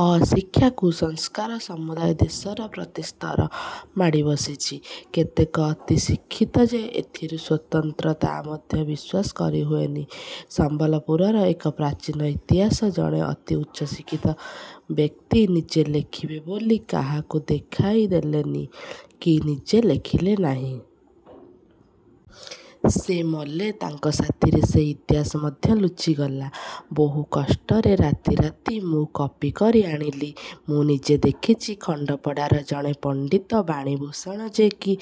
ଅଶିକ୍ଷା, କୁସଂସ୍କାର ସମୁଦାୟ ଦେଶର ପ୍ରତି ସ୍ତର ମାଡ଼ିବସିଛି। କେତେକ ଅତି ଶିକ୍ଷିତ ଯେ ଏଥିରୁ ସ୍ୱତନ୍ତ୍ର, ତା ମଧ୍ୟ ବିଶ୍ୱାସ କରି ହୁଏନି। ସମ୍ବଲପୁରର ଏକ ପ୍ରାଚୀନ ଇତିହାସ ଜଣେ ଅତି ଉଚ୍ଚଶିକ୍ଷିତ ବ୍ୟକ୍ତି ନିଜେ ଲେଖିବେ ବୋଲି କାହାକୁ ଦେଖାଇ ଦେଲେନି କି ନିଜେ ଲେଖିଲେ ନାହିଁ-। ସେ ମଲେ, ତାଙ୍କ ସାଥିରେ ସେ ଇତିହାସ ମଧ୍ୟ ଲୁଚିଗଲା। ବହୁକଷ୍ଟରେ ରାତି ରାତି ମୁଁ କପି କରି ଆଣିଲି। ମୁଁ ନିଜେ ଦେଖିଛି ଖଣ୍ଡପଡ଼ାର ଜଣେ ପଣ୍ଡିତ ବାଣୀଭୂଷଣ ଯେ କି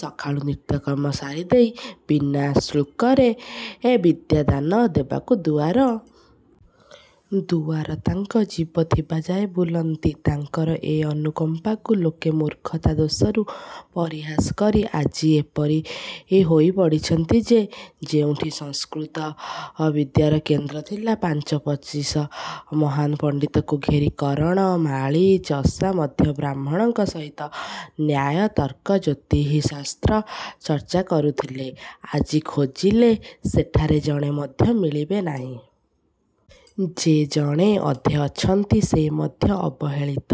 ସକାଳୁ ନିତ୍ୟକର୍ମ ସାରିଦେଇ ବିନା ଶୁଳ୍କରେ ବିଦ୍ୟା ଦାନ ଦେବାକୁ ଦୁଆର ଦୁଆର ତାଙ୍କ ଜୀବ ଥିବାଯାଏ ବୁଲନ୍ତି, ତାଙ୍କର ଏ ଅନୁକମ୍ପାକୁ ଲୋକେ ମୂର୍ଖତା ଦୋଷରୁ ପରିହାସ କରି ଆଜି ଏପରି ହୋଇ ପଡ଼ିଛନ୍ତି ଯେ, ଯେଉଁଠି ସଂସ୍କୃତ ବିଦ୍ୟାର କେନ୍ଦ୍ର ଥିଲା, ପାଞ୍ଚ ପଚିଶ ମହାନ ପଣ୍ଡିତଙ୍କୁ ଘେରି କରଣ, ମାଳୀ, ଚଷା ମଧ୍ୟ ବ୍ରାହ୍ମଣଙ୍କ ସହିତ ନ୍ୟାୟ, ତର୍କ, ଜ୍ୟୋତିଃଶାସ୍ତ୍ର ଚର୍ଚ୍ଚା କରୁଥିଲେ, ଆଜି ଖୋଜିଲେ ସେଠାରେ ଜଣେ ମଧ୍ୟ ମିଳିବେ ନାହିଁ। ଯେ ଜଣେ ଅଧେ ଅଛନ୍ତି ସେ ମଧ୍ୟ ଅବହେଳିତ।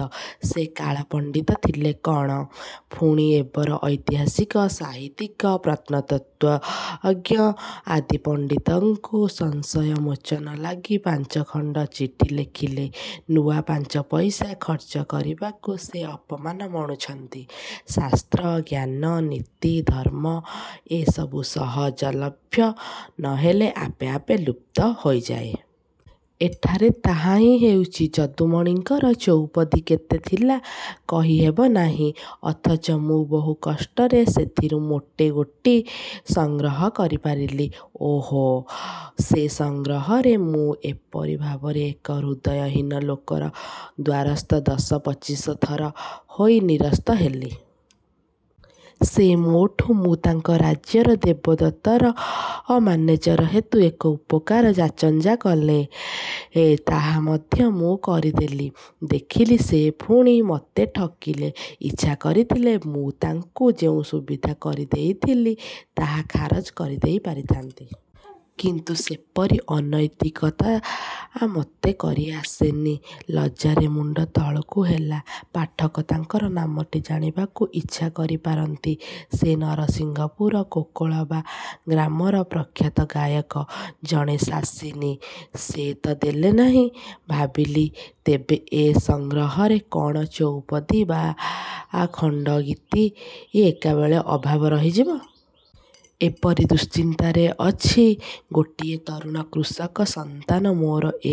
ସେ କାଳ ପଣ୍ଡିତ ଥିଲେ କ'ଣ? ପୁଣି ଏବର ଐତିହାସିକ, ସାହିତ୍ୟକ, ପ୍ରତ୍ନତତ୍ତ୍ୱଜ୍ଞ, ଆଦି ପଣ୍ଡିତଙ୍କୁ ସଂଶୟ ମୋଚନ ଲାଗି ପାଞ୍ଚଖଣ୍ଡ ଚିଠି ଲେଖିଲେ, ନୂଆ ପାଞ୍ଚପଇସା ଖର୍ଚ୍ଚ କରିବାକୁ ସେ ଅପମାନ ମଣୁଛନ୍ତି। ଶାସ୍ତ୍ର, ଜ୍ଞାନ, ନୀତି, ଧର୍ମ ଏସବୁ ସହଜଲଭ୍ୟ ନ ହେଲେ ଆପେ ଆପେ ଲୁପ୍ତ ହୋଇଯାଏ। ଏଠାରେ ତାହା ହିଁ ହେଉଛି। ଯଦୁମଣିଙ୍କର ଚଉପଦୀ କେତେ ଥିଲା କହିହେବ ନାହିଁ। ଅଥଚ ମୁଁ ବହୁ କଷ୍ଟରେ ସେଥିରୁ ମୋଟେ ଗୋଟି ସଂଗ୍ରହ କରିପାରିଲି। ଓହୋ! ସେ ସଂଗ୍ରହରେ ମୁଁ ଏପରି ଭାବରେ ଏକ ହୃଦୟହୀନ ଲୋକର ଦ୍ୱାରସ୍ଥ ଦଶ ପଚିଶ ଥର ହୋଇ ନିରସ୍ତ ହେଲି। ସେ ମୋଠୁ ମୁଁ ତାଙ୍କ ରାଜ୍ୟର ଦେବୋତ୍ତର ମାନେଜର ହେତୁ ଏକ ଉପକାର ଯାଚଞ୍ଜା କଲେ। ତାହା ମଧ୍ୟ ମୁଁ କରିଦେଲି-। ଦେଖିଲି ସେ ପୁଣି ମତେ ଠକିଲେ। ଇଚ୍ଛା କରିଥିଲେ ମୁଁ ତାଙ୍କୁ ଯେଉଁ ସୁବିଧା କରି ଦେଇଥିଲି, ତାହା ଖାରଜ କରିଦେଇ ପାରିଥାନ୍ତି। କିନ୍ତୁ ସେପରି ଅନୈତିକତା ମତେ କରି ଆସେନି-। ଲଜ୍ଜାରେ ମୁଣ୍ଡ ତଳକୁ ହେଲା। ପାଠକ ତାଙ୍କର ନାମଟି ଜାଣିବାକୁ ଇଚ୍ଛା କରି ପାରନ୍ତି। ସେ ନରସିଂହପୁର କୋକଳବା ଗ୍ରାମର ପ୍ରଖ୍ୟାତ ଗାୟକ ଜଣେ ଶାସନୀ। ସେ ତ ଦେଲେ ନାହିଁ, ଭାବିଲି ତେବେ ଏ ସଂଗ୍ରହରେ କ'ଣ ଚଉପଦୀ ବା ଖଣ୍ଡଗୀତି ଏକାବେଳେ ଅଭାବ ରହିଯିବ? ଏପରି ଦୁଶ୍ଚିନ୍ତାରେ ଅଛି, ଗୋଟିଏ ତରୁଣ କୃଷକ ସନ୍ତାନ ମୋର ଏ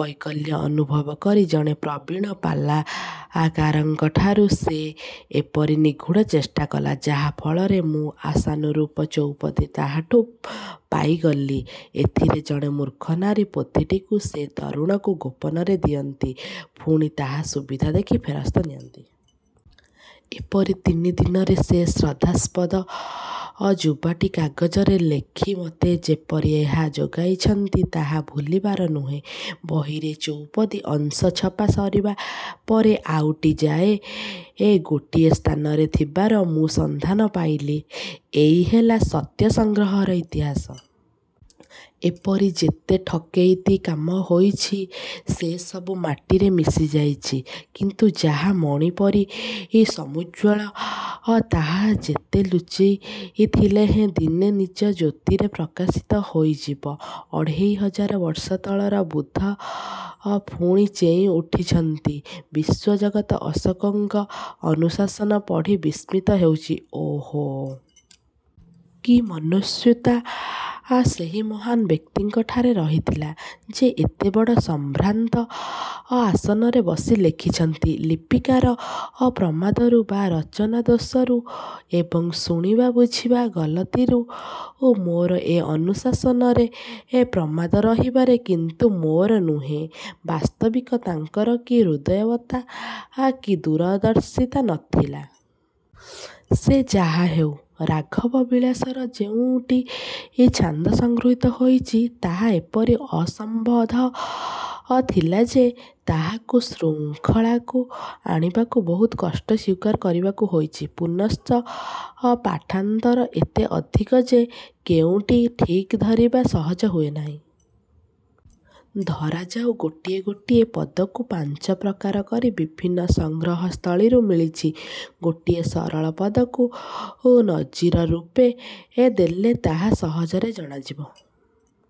ବୈକଲ୍ୟ ଅନୁଭବ କରି ଜଣେ ପ୍ରବୀଣ ପାଲାକାରଙ୍କଠାରୁ ସେ ଏପରି ନିଗୂଢ଼ ଚେଷ୍ଟାକଲା, ଯାହା ଫଳରେ ମୁଁ ଆଶାନୁରୂପ ଚଉପଦୀ ତାହାଠୁ ପାଇଗଲି। ଏଥିରେ ଜଣେ ମୂର୍ଖ ନାରୀ ପୋଥିଟିକୁ ସେ ତରୁଣକୁ ଗୋପନରେ ଦିଅନ୍ତି, ପୁଣି ତାହା ସୁବିଧା ଦେଖି ଫେରସ୍ତ ନିଅନ୍ତି। ଏପରି ତିନି ଦିନରେ ସେ ଶ୍ରଦ୍ଧାସ୍ପଦ ଯୁବାଟି କାଗଜରେ ଲେଖି ମତେ ଯେପରି ଏହା ଯୋଗାଇଛନ୍ତି, ତାହା ଭୁଲିବାର ନୁହେଁ। ବହିରେ ଚୌପଦୀ ଅଂଶ ଛପା ସରିବା ପରେ ଆଉ ଟି ଯାଏ ଗୋଟିଏ ସ୍ଥାନରେ ଥିବାର ମୁଁ ସନ୍ଧାନ ପାଇଲି। ଏଇ ହେଲା ସତ୍ୟ ସଂଗ୍ରହର ଇତିହାସ। ଏପରି ଯେତେ ଠକେଇତି କାମ ହୋଇଛି, ସେସବୁ ମାଟିରେ ମିଶିଯାଇଛି। କିନ୍ତୁ ଯାହା ମଣି ପରି ସମୂଜ୍ଜ୍ୱଳ ତାହା ଯେତେ ଲୁଚିଥିଲେହେଁ ଦିନେ ନିଜ ଜ୍ୟୋତିରେ ପ୍ରକାଶିତ ହୋଇଯିବ। ଅଢ଼େଇ ହଜାର ବର୍ଷ ତଳର ବୁଦ୍ଧ ପୁଣି ଚେଇଁ ଉଠିଛନ୍ତି। ବିଶ୍ୱଜଗତ ଅଶୋକଙ୍କ ଅନୁଶାସନ ପଢ଼ି ବିସ୍ମିତ ହେଉଛି - ଓହୋ! କି ମନସ୍ୱିତା ସେହି ମହାନ ବ୍ୟକ୍ତିଙ୍କଠାରେ ରହିଥିଲା। ଯେ ଏତେବଡ଼ ସଂଭ୍ରାନ୍ତ ଆସନରେ ବସି ଲେଖିଛନ୍ତି - ଲିପିକାର ପ୍ରମାଦରୁ ବା ରଚନା ଦୋଷରୁ ଏବଂ ଶୁଣିବା ବୁଝିବା ଗଲତିରୁ ମୋର ଏ ଅନୁଶାସନରେ ପ୍ରମାଦ ରହିପାରେ କିନ୍ତୁ ମୋର ନୁହେଁ। ବାସ୍ତବିକ ତାଙ୍କର କି ହୃଦୟବତ୍ତା, କି ଦୁରଦର୍ଶିତା ନ ଥିଲା। ସେ ଯାହାହେଉ - ରାଘବ ବିଳାସର ଯେଉଁ ଟି ଛାନ୍ଦ ସଂଗୃହୀତ ହୋଇଛି ତାହା ଏପରି ଅସଂବଦ୍ଧ ଥିଲା ଯେ ତାହାକୁ ଶୃଙ୍ଖଳାକୁ ଆଣିବାକୁ ବହୁତ କଷ୍ଟ ସ୍ୱୀକାର କରିବାକୁ ହୋଇଛି-। ପୁନଶ୍ଚ ପାଠାନ୍ତର ଏତେ ଅଧିକ ଯେ କେଉଁଟି ଠିକ ଧରିବା ସହଜ ହୁଏ ନାହିଁ। ଧରାଯାଉ ଗୋଟିଏ ଗୋଟିଏ ପଦକୁ ପାଞ୍ଚ ପ୍ରକାର କରି ବିଭିନ୍ନ ସଂଗ୍ରହସ୍ଥଳୀରୁ ମିଳିଛି। ଗୋଟିଏ ସରଳ ପଦକୁ ନଜିରରୂପେ ଦେଲେ ତାହା ସହଜରେ ଜଣାଯିବ।